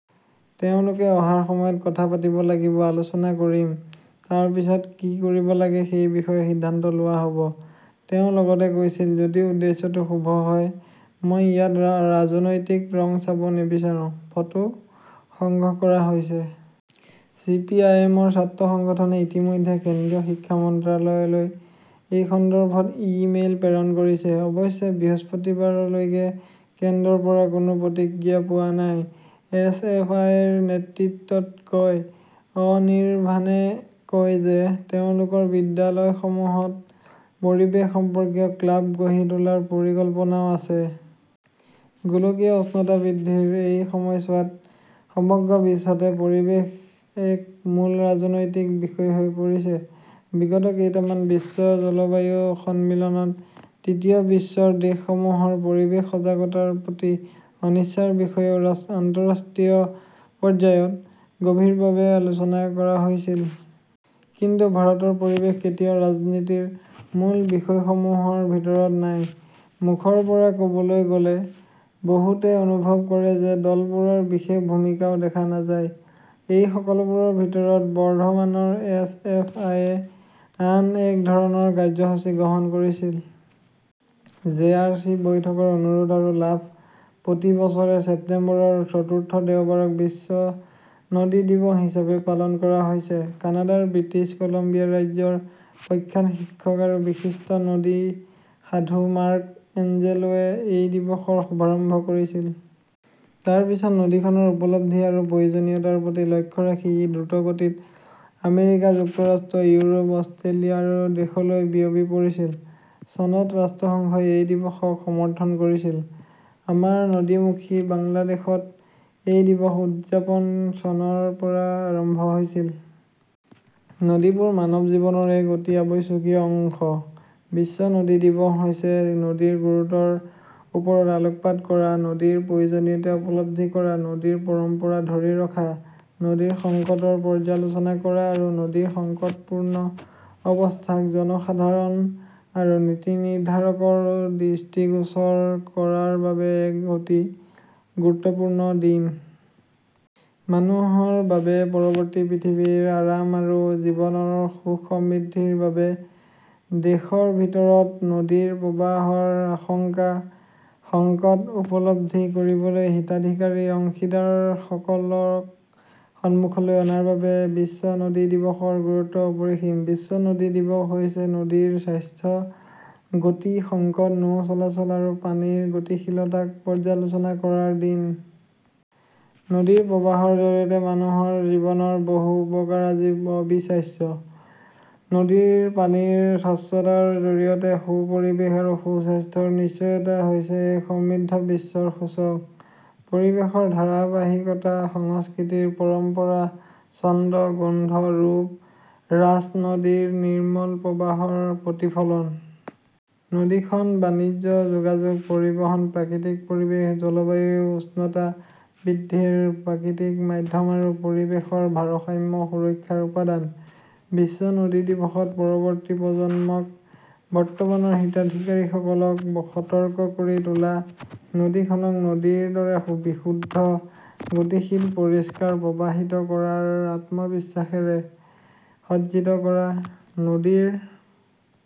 তেওঁলোকে অহাৰ সময়ত কথা পাতিব লাগিব। আলোচনা কৰিম। তাৰ পিছত কি কৰিব লাগে সেই বিষয়ে সিদ্ধান্ত লোৱা হ’ব। তেওঁ লগতে কৈছিল, যদি উদ্দেশ্যটো শুভ হয়, মই ইয়াত ৰাজনৈতিক ৰং চাব নিবিচাৰো। ফটো সংগ্ৰহ কৰা হৈছে। চিপিআইএমৰ ছাত্ৰ সংগঠনে ইতিমধ্যে কেন্দ্ৰীয় শিক্ষা মন্ত্ৰালয়লৈ এই সন্দৰ্ভত ই মেইল প্ৰেৰণ কৰিছে। অৱশ্যে বৃহস্পতিবাৰলৈকে কেন্দ্ৰৰ পৰা কোনো প্ৰতিক্ৰিয়া পোৱা হোৱা নাই, এছ. এফ. আই. ৰ নেতৃত্বত কয়। অনিৰভানে কয় যে তেওঁলোকৰ বিদ্যালয়সমূহত পৰিৱেশ সম্পৰ্কীয় ক্লাব গঢ়ি তোলাৰ পৰিকল্পনাও আছে। গোলকীয় উষ্ণতা বৃদ্ধিৰ এই সময়ছোৱাত সমগ্ৰ বিশ্বতে পৰিৱেশ এক মূল ৰাজনৈতিক বিষয় হৈ পৰিছে। বিগত কেইটামান বিশ্ব জলবায়ু সন্মিলনত তৃতীয় বিশ্বৰ দেশসমূহৰ পৰিৱেশ সজাগতাৰ প্ৰতি অনিচ্ছাৰ বিষয়েও আন্তঃৰাষ্ট্ৰীয় পৰ্যায়ত গভীৰভাৱে আলোচনা কৰা হৈছিল। কিন্তু ভাৰতৰ পৰিৱেশ কেতিয়াও ৰাজনীতিৰ মূল বিষয়সমূহৰ ভিতৰত নাই। মুখৰ পৰা ক’বলৈ গ’লে, বহুতে অনুভৱ কৰে যে দলবোৰৰ বিশেষ ভূমিকাও দেখা নাযায়। এই সকলোবোৰৰ ভিতৰত, বৰ্ধমানৰ এছ. এফ. আই. য়ে আন এক ধৰণৰ কাৰ্যসূচী গ্ৰহণ কৰিছিল। জে. আৰ. চি. বৈঠকৰ অনুৰোধ আৰু লাভ প্ৰতি বছৰে ছেপ্টেম্বৰৰ চতুৰ্থ দেওবাৰক বিশ্ব নদী দিৱস হিচাপে পালন কৰা হৈছে। কানাডাৰ ব্ৰিটিছ কলম্বিয়া ৰাজ্যৰ প্ৰখ্যাত শিক্ষক আৰু বিশিষ্ট নদী সাধু মাৰ্ক এঞ্জেলোৱে এই দিৱসৰ শুভাৰম্ভ কৰিছিল। তাৰ পিছত নদীখনৰ উপলব্ধি আৰু প্ৰয়োজনীয়তাৰ প্ৰতি লক্ষ্য ৰাখি ই দ্ৰুতগতিত আমেৰিকা যুক্তৰাষ্ট্ৰ, ইউৰোপ, অষ্ট্ৰেলিয়া আৰু দেশলৈ বিয়পি পৰিছিল। চনত ৰাষ্ট্ৰসংঘই এই দিৱসক সমৰ্থন কৰিছিল। আমাৰ নদী-মুখী বাংলাদেশত এই দিৱস উদযাপন চনৰ পৰা আৰম্ভ হৈছিল। নদীবোৰ মানৱ জীৱনৰ এক অতি অত্যাৱশ্যকীয় অংশ। বিশ্ব নদী দিৱস হৈছে নদীৰ গুৰুত্বৰ ওপৰত আলোকপাত কৰা, নদীৰ প্ৰয়োজনীয়তা উপলব্ধি কৰা, নদীৰ পৰম্পৰা ধৰি ৰখা, নদীৰ সংকটৰ পৰ্যালোচনা কৰা আৰু নদীৰ সংকটপূৰ্ণ অৱস্থাক জনসাধাৰণ আৰু নীতি নিৰ্ধাৰকৰ দৃষ্টিগোচৰ কৰাৰ বাবে এক অতি গুৰুত্বপূৰ্ণ দিন। মানুহৰ বাবে, পৰৱৰ্তী পৃথিৱীৰ আৰাম আৰু জীৱনৰ সুখ-সমৃদ্ধিৰ বাবে। দেশৰ ভিতৰত নদীৰ প্ৰবাহৰ আশংকা-সংকট উপলব্ধি কৰিবলৈ হিতাধিকাৰী অংশীদাৰসকলক সন্মুখলৈ অনাৰ বাবে বিশ্ব নদী দিৱসৰ গুৰুত্ব অপৰিসীম। বিশ্ব নদী দিৱস হৈছে নদীৰ স্বাস্থ্য, গতি, সংকট, নৌ-চলাচল আৰু পানীৰ গতিশীলতাক পৰ্যালোচনা কৰাৰ দিন। নদীৰ প্ৰবাহৰ জৰিয়তে মানুহৰ জীৱনৰ বহু উপকাৰ আজি অবিশ্বাস্য। নদীৰ পানীৰ স্বচ্ছতাৰ জৰিয়তে সু-পৰিৱেশ আৰু সু-স্বাস্থ্যৰ নিশ্চয়তা হৈছে এক সমৃদ্ধ বিশ্বৰ সূচক। পৰিৱেশৰ ধাৰাবাহিকতা, সংস্কৃতিৰ পৰম্পৰা, ছন্দ, গোন্ধ, ৰূপ, ৰাছ নদীৰ নিৰ্মল প্ৰবাহৰ প্ৰতিফলন। নদীখন বাণিজ্য, যোগাযোগ, পৰিবহণ, প্ৰাকৃতিক পৰিৱেশ, জলবায়ু উষ্ণতা বৃদ্ধিৰ প্ৰাকৃতিক মাধ্যম আৰু পৰিৱেশৰ ভাৰসাম্য সুৰক্ষাৰ উপাদান। বিশ্ব নদী দিৱসত, পৰৱৰ্তী প্ৰজন্মক, বৰ্তমানৰ হিতাধিকাৰীসকলক সতৰ্ক কৰি তোলা, নদীখনক নদীৰ দৰে বিশুদ্ধ, গতিশীল, পৰিষ্কাৰ, প্ৰবাহিত কৰাৰ আত্মবিশ্বাসেৰে সজ্জিত কৰা। নদীৰ